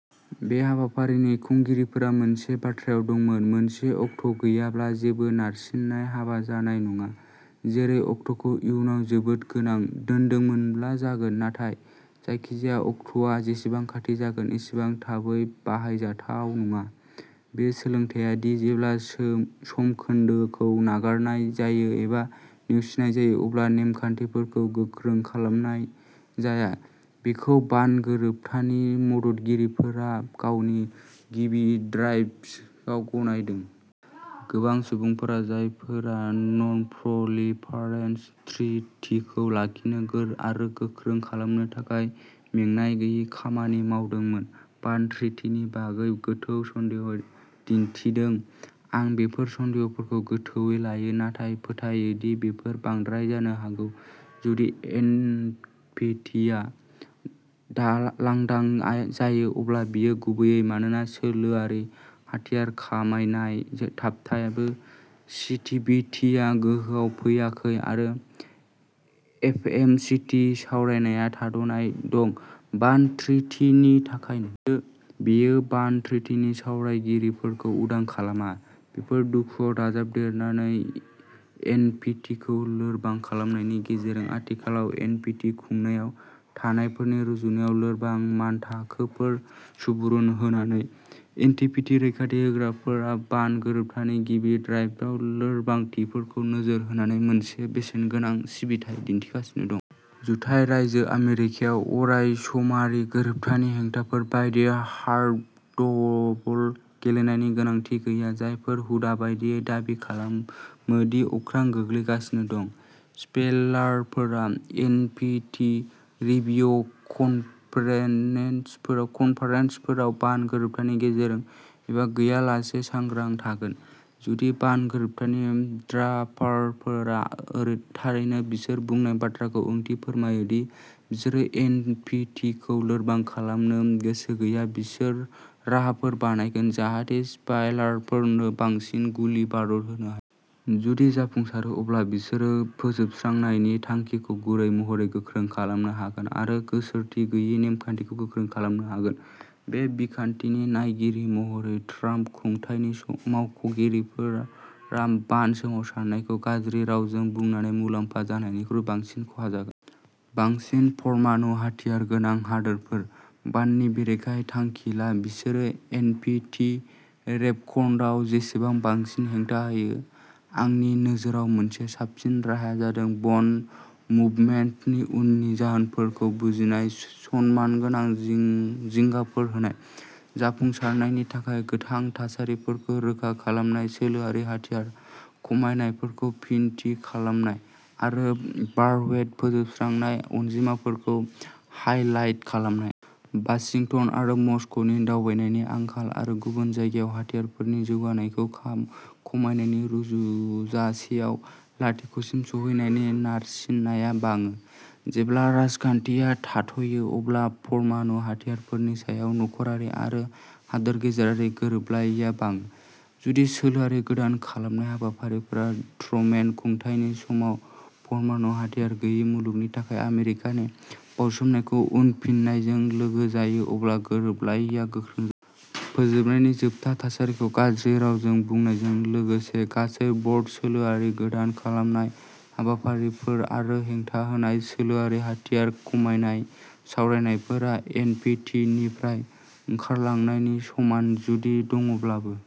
बे हाबाफारिनि खुंगिरिफोरा मोनसे बाथ्रायाव दंमोन मोनसे अक्ट'गैयाब्ला, जेबो नारसिननाय हाबा जानाय नङा, जेरै अक्ट'खौ इयुनाव जोबोद गोजान दोन्दोंमोनब्ला जागोन। नाथाय जायखिजाया अक्ट'आ जेसेबां खाथि जागोन एसेबां थाबै बाहायजाथाव नङा। बे सोलोंथाया दि जेब्ला सोम समखोन्दोखौ नागारनाय जायो एबा नेवसिनाय जायो अब्ला नेमखान्थिफोरखौ गोख्रों खालामनाय जाया, बेखौ बान गोरोबथानि मददगिरिफोरा गावनि गिबि ड्राफ्टआव गनायदों। गोबां सुबुंफोरा जायफोरा ननप्रलिफारेशन ट्रिटीखौ लाखिनो आरो गोख्रों खालामनो थाखाय मेंनाय गैयै खामानि मावदोंमोन, बान ट्रिटीनि बागै गोथौ सन्देह'दिन्थिदों। आं बेफोर सन्देह'फोरखौ गोथौवै लायो, नाथाय फोथायो दि बेफोर बांद्राय जानो हागौ। जुदि एनपीटीआ दा लांदां जायो, अब्ला बेयो गुबैयै मानोना सोलोआरि हाथियार खमायनाया थाबथाबो, सीटीबीटीआ गोहोआव फैयाखै, आरो एफएमसीटी सावरायनाया थाद'नाय दं-बान ट्रिटीनि थाखाय नङा। बेयो बान ट्रिटीनि सावरायगिरिफोरखौ उदां खालामा। बेफोर दुखुआव दाजाबदेरनानै एनपिटिखौ लोरबां खालामनायनि गेजेरजों आथिखालाव एनपिटि खुंथायाव थानायफोरनि रुजुनायाव लोरबां मानथाखोफोर सुबुरुन होनानै। एनपिटिनि रैखाथि होग्राफोरा बान गोरोबथानि गिबि ड्राफ्टआव लोरबांथिफोरखौ नोजोर होनानै मोनसे बेसेनगोनां सिबिथाइ दिन्थिगासिनो दं। जुथाइ रायजो आमेरिकायाव अरायसमारि गोरोबथानि हेंथाफोर बायदि हार्डबल गेलेनायनि गोनांथि गैया, जायफोरा हुदा बायदियै दाबि खालामो दि अख्रां गोग्लैगासिनो दं। स्पइलारफोरा एनपिटि रिभिउ कन्फेरेन्स कन्फेरेन्सफोराव बान गोरोबथानि गेजेरजों एबा गैयालासे सांग्रां थागोन। जुदि बान गोरोबथानि ड्राफ्टारफोरा थारैनो बिसोर बुंनाय बाथ्राखौ ओंथि फोरमायो-दि बिसोरो एनपिटिखौ लोरबां खालामनो गोसो गैया-बिसोर राहाफोर बानायगोन जाहाथे स्पइलारफोरनो बांसिन गुलि-बारुद होनो हाया। जुदि जाफुंसारो, अब्ला बिसोरो फोजोबस्रांनायनि थांखिखौ गुरै महरै गोख्रों खालामनो हागोन आरो गोसारथि गैयै नेमखान्थिखौ गोख्रों खालामनो हागोन। बे बिखान्थिनि नायगिरि महरै, ट्राम्प खुंथायनि मावख'गिरिफोरा बान सोमावसारनायखौ गाज्रि रावजों बुंनानै मुलाम्फा जानायनिख्रुइ बांसिन खहा जागोन। बांसिन परमाणु-हाथियार गोनां हादोरफोर। बाननि बेरेखायै थांखि ला, बिसोरो एन. पि. टि. रेभकनआव जेसेबां बांसिन हेंथा होयो। आंनि नोजोराव, मोनसे साबसिन राहाआ जादों बान मुभमेन्टनि उननि जाहोनफोरखौ बुजिनाय, सनमानगोनां जिं जिंगाफोर होनाय, जाफुंसारनायनि थाखाय गोनां थासारिफोरखौ रोखा खालामनाय, सोलोआरि-हाथियार खमायनायफोरखौ फिन थि खालामनाय, आरो वारहेड फोजोबस्रांनाय अनजिमाफोरखौ हाइलाइट खालामनाय। वाशिंटन आरो मस्क'नि दावगानायनि आंखाल आरो गुबुन जायगायाव हाथियारफोरनि जौगानायखौ खमायनायनि रुजुजासेआव लाथिख'सिम सौहैनायनि नारसिननाया बाङो। जेब्ला राजखानथिआ थाथ'यो, अब्ला परमाणु हाथियारफोरनि सायाव नखरारि आरो हादोर गेजेरारि गोरोबलायैया बाङो। जुदि सोलोआरि गोदान खालामनाय हाबाफारिफोरा ट्रुमेन खुंथायनि समाव परमाणु हाथियार गैयै मुलुगनि थाखाय आमेरिकानि बाउसोमनायखौ उनफिननायजों लोगोसे जायो, अब्ला गोरोबलायैया गोख्रों फोजोबनायनि जोबथा थासारिखौ गाज्रि रावजों बुंनायजों लोगोसे गासै-बर्ड सोलोआरि गोदान खालामनाय हाबाफारिफोर आरो हेंथाहोनाय सोलोआरि हाथियार खमायनाय सावरायनायफोरा एन. पि. टि. निफ्राय ओंखारलांनायनि समान-जुदि दङब्लाबो।